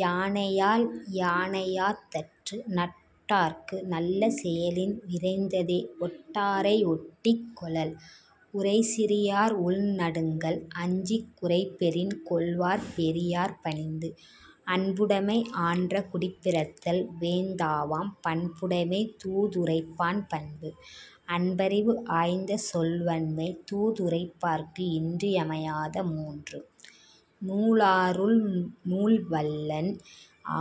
யானையால் யானையாத் தற்று. நட்டார்க்கு நல்ல செயலின் விரைந்ததே ஒட்டாரை ஒட்டிக் கொளல். உறைசிறியார் உள்நடுங்கல் அஞ்சிக் குறைபெறின் கொள்வர் பெரியார்ப் பணிந்து. அன்புடைமை ஆன்ற குடிப்பிறத்தல் வேந்தவாம் பண்புடைமை தூதுரைப்பான் பண்பு. அன்பறிவு ஆராய்ந்த சொல்வன்மை தூதுரைப்பார்க்கு இன்றி யமையாத மூன்று. நூலாருள் நூல்வல்லன்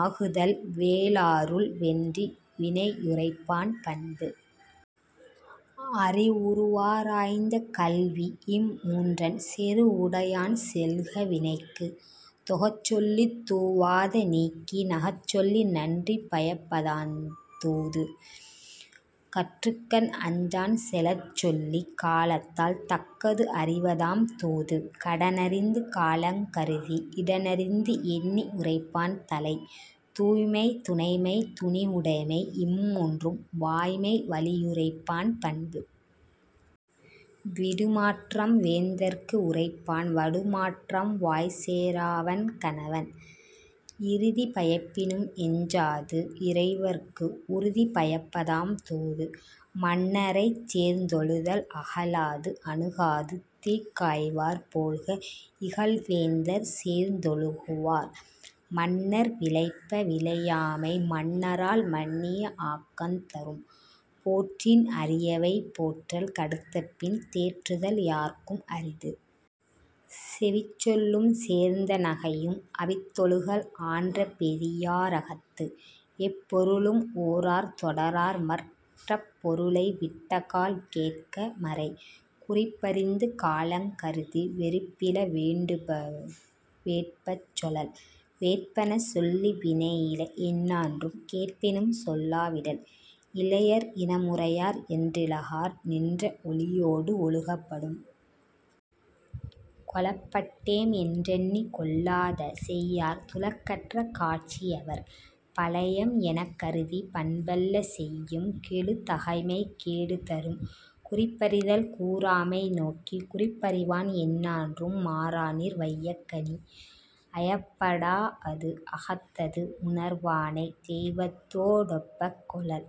ஆகுதல் வேலாருள் வென்றி வினையுரைப்பான் பண்பு. அறிவுரு வாராய்ந்த கல்விஇம் மூன்றன் செறிவுடையான் செல்க வினைக்கு. தொகச் சொல்லித் தூவாத நீக்கி நகச்சொல்லி நன்றி பயப்பதாந் தூது. கற்றுக்கண் அஞ்சான் செலச்சொல்லிக் காலத்தால் தக்கது அறிவதாம் தூது. கடனறிந்து காலங் கருதி இடனறிந்து எண்ணி உரைப்பான் தலை. தூய்மை துணைமை துணிவுடைனை இம்மூன்றின் வாய்மை வழியுரைப்பான் பண்பு. விடுமாற்றம் வேந்தர்க்கு உரைப்பான் வடுமாற்றம் வாய்சேரா வன்க ணவன். இறுதி பயப்பினும் எஞ்சாது இறைவற் கு உறுதி பயப்பதாம் தூது.. மன்னரைச் சேர்ந்தொழுதல் அகலாது அணுகாது தீக்காய்வார் போல்க இகல்வேந்தர்ச் சேர்ந்தொழுகு வார். மன்னர் விழைப விழையாமை மன்னரால் மன்னிய ஆக்கந் தரும். போற்றின் அரியவை போற்றல் கடுத்தபின் தேற்றுதல் யார்க்கும் அரிது. செவிச்சொல்லும் சேர்ந்த நகையும் அவித்தொழுகல் ஆன்ற பெரியா ரகத்து. எப்பொருளும் ஓரார் தொடரார்மற் றப்பொருளை விட்டக்கால் கேட்க மறை. குறிப்பறிந்து காலங் கருதி வெறுப்பில வேண்டுப வேட்பச் சொலல். வேட்பன சொல்லி வினையில எஞ்ஞான்றும் கேட்பினும் சொல்லா விடல். இளையர் இனமுறையர் என்றிகழார் நின்ற ஒளியோடு ஒழுகப் படும். கொளப்பட்டேம் என்றெண்ணிக் கொள்ளாத செய்யார் துளக்கற்ற காட்சி யவர். பழையம் எனக்கருதிப் பண்பல்ல செய்யும் கெழுதகைமை கேடு தரும்.. குறிப்பறிதல் கூறாமை நோக்கிக் குறிப்பறிவான் எஞ்ஞான்றும் மாறாநீர் வையக் கணி. ஐயப் படாஅது அகத்தது உணர்வானைத் தெய்வத்தோ டொப்பக் கொளல்.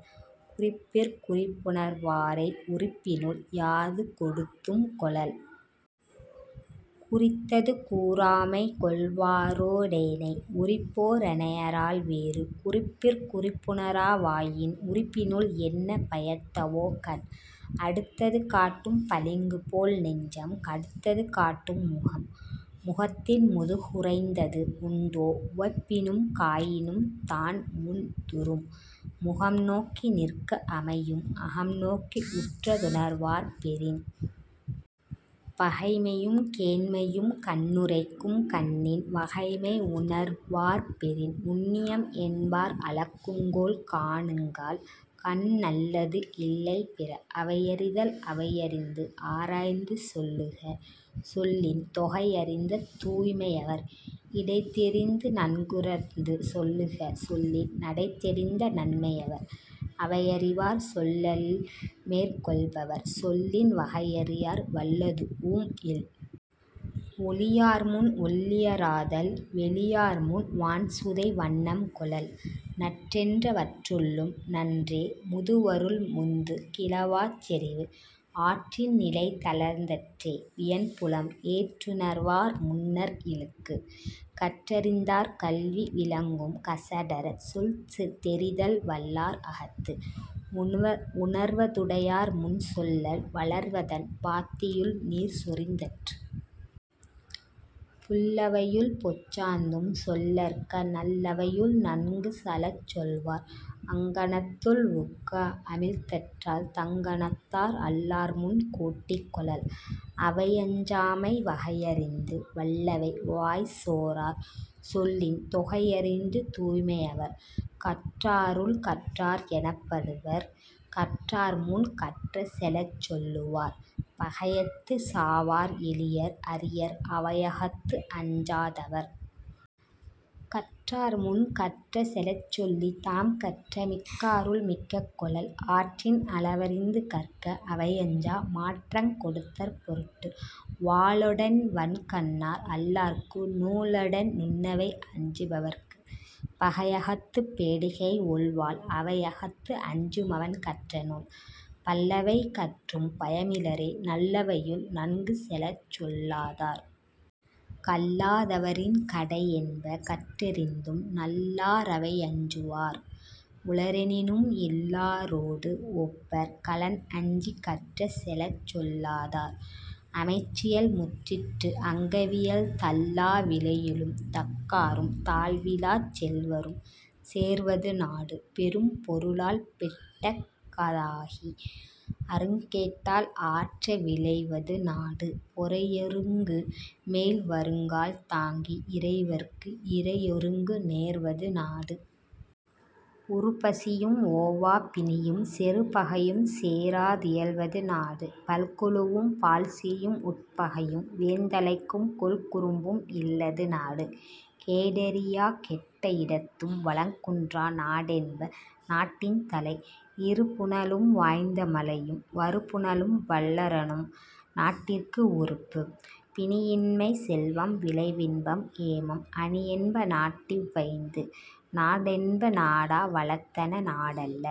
குறிப்பிற் குறிப்புணர் வாரை உறுப்பினுள் யாது கொடுத்தும் கொளல். குறித்தது கூறாமைக் கொள்வாரோ டேனை உறுப்போ ரனையரால் வேறு. குறிப்பிற் குறிப்புணரா வாயின் உறுப்பினுள் என்ன பயத்தவோ கண்? அடுத்தது காட்டும் பளிங்குபோல் நெஞ்சம் கடுத்தது காட்டும் முகம். முகத்தின் முதுக்குறைந்தது உண்டோ உவப்பினும் காயினும் தான்முந் துறும். முகம்நோக்கி நிற்க அமையும் அகம்நோக்கி உற்ற துணர்வார்ப் பெறின். பகைமையும் கேண்மையும் கண்ணுரைக்கும் கண்ணின் வகைமை உணர்வார்ப் பெறின். நுண்ணியம் என்பார் அளக்குங்கோல் காணுங்கால் கண்ணல்லது இல்லை பிற.. அவையறிதல் அவையறிநது ஆராய்ந்து சொல்லுக சொல்லின் தொகையறிந்த தூய்மை யவர். இடைதெரிந்து நன்குணர்ந்து சொல்லுக சொல்லின் நடைதெரிந்த நன்மை யவர். அவையறியார் சொல்லல்மேற் கொள்பவர் சொல்லின் வகையறியார் வல்லதூஉம் இல். ஒளியார்முன் ஒள்ளிய ராதல் வெளியார்முன் வான்சுதை வண்ணம் கொளல். நன்றென்ற வற்றுள்ளும் நன்றே முதுவருள் முந்து கிளவாச் செறிவு. ஆற்றின் நிலைதளர்ந் தற்றே வியன்புலம் ஏற்றுணர்வார் முன்னர் இழுக்கு. கற்றறிந்தார் கல்வி விளங்கும் கசடறச் சொல்தெரிதல் வல்லார் அகத்து. உணர்வ துடையார்முன் சொல்லல் வளர்வதன் பாத்தியுள் நீர்சொரிந் தற்று. புல்லவையுள் பொச்சாந்தும் சொல்லற்க நல்லவையுள் நன்குசலச் சொல்லு வார். அங்கணத்துள் உக்க அமிழ்தற்றால் தங்கணத்தார் அல்லார்முன் கோட்டி கொளல். அவையஞ்சாமை வகையறிந்து வல்லவை வாய்சோரார் சொல்லின் தொகையறிந்த தூய்மை யவர். கற்றாருள் கற்றார் எனப்படுவர் கற்றார்முன் கற்ற செலச்சொல்லு வார். பகையகத்துச் சாவார் எளியர் அரியர் அவையகத்து அஞ்சா தவர். கற்றார்முன் கற்ற செலச்சொல்லித் தாம்கற்ற மிக்காருள் மிக்க கொளல். ஆற்றின் அளவறிந்து கற்க அவையஞ்சா மாற்றங் கொடுத்தற் பொருட்டு. வாளொடென் வன்கண்ணர் அல்லார்க்கு நூலொடென் நிண்ணவை அஞ்சு பவர்க்கு. பகையகத்துப் பேடிகை ஒள்வாள் அவையகத்து அஞ்சு மவன்கற்ற நூல். பல்லவை கற்றும் பயமிலரே நல்லவையுள் நன்கு செலச்சொல்லா தார். கல்லா தவரின் கடையென்ப கற்றறிந்தும் நல்லா ரவையஞ்சு வார். உளரெனினும் இல்லாரொடு ஒப்பர் களன்அஞ்சிக் கற்ற செலச்சொல்லா தார். அமைச்சியல் முற்றிற்று அங்கவியல் தள்ளா விளையுளும் தக்காரும் தாழ்விலாச் செல்வரும் சேர்வது நாடு. பெரும்பொருளால் பெட்டக்க தாகி அருங்கேட்டால் ஆற்ற விளைவது நாடு. பொறையொருங்கு மேல்வருங்கால் தாங்கி இறைவற்கு இறையொருங்கு நேர்வது நாடு. உறுபசியும் ஓவாப் பிணியும் செறுபகையும் சேரா தியல்வது நாடு. பல்குழுவும் பாழ்செய்யும் உட்பகையும் வேந்தலைக்கும் கொல்குறும்பும் இல்லது நாடு. கேடறியாக் கெட்ட இடத்தும் வளங்குன்றா நாடென்ப நாட்டின் தலை. இருபுனலும் வாய்ந்த மலையும் வருபுனலும் வல்லரணும் நாட்டிற்கு உறுப்பு. பிணியின்மை செல்வம் விளைவின்பம் ஏமம் அணியென்ப நாட்டிவ் வைந்து. நாடென்ப நாடா வளத்தன நாடல்ல।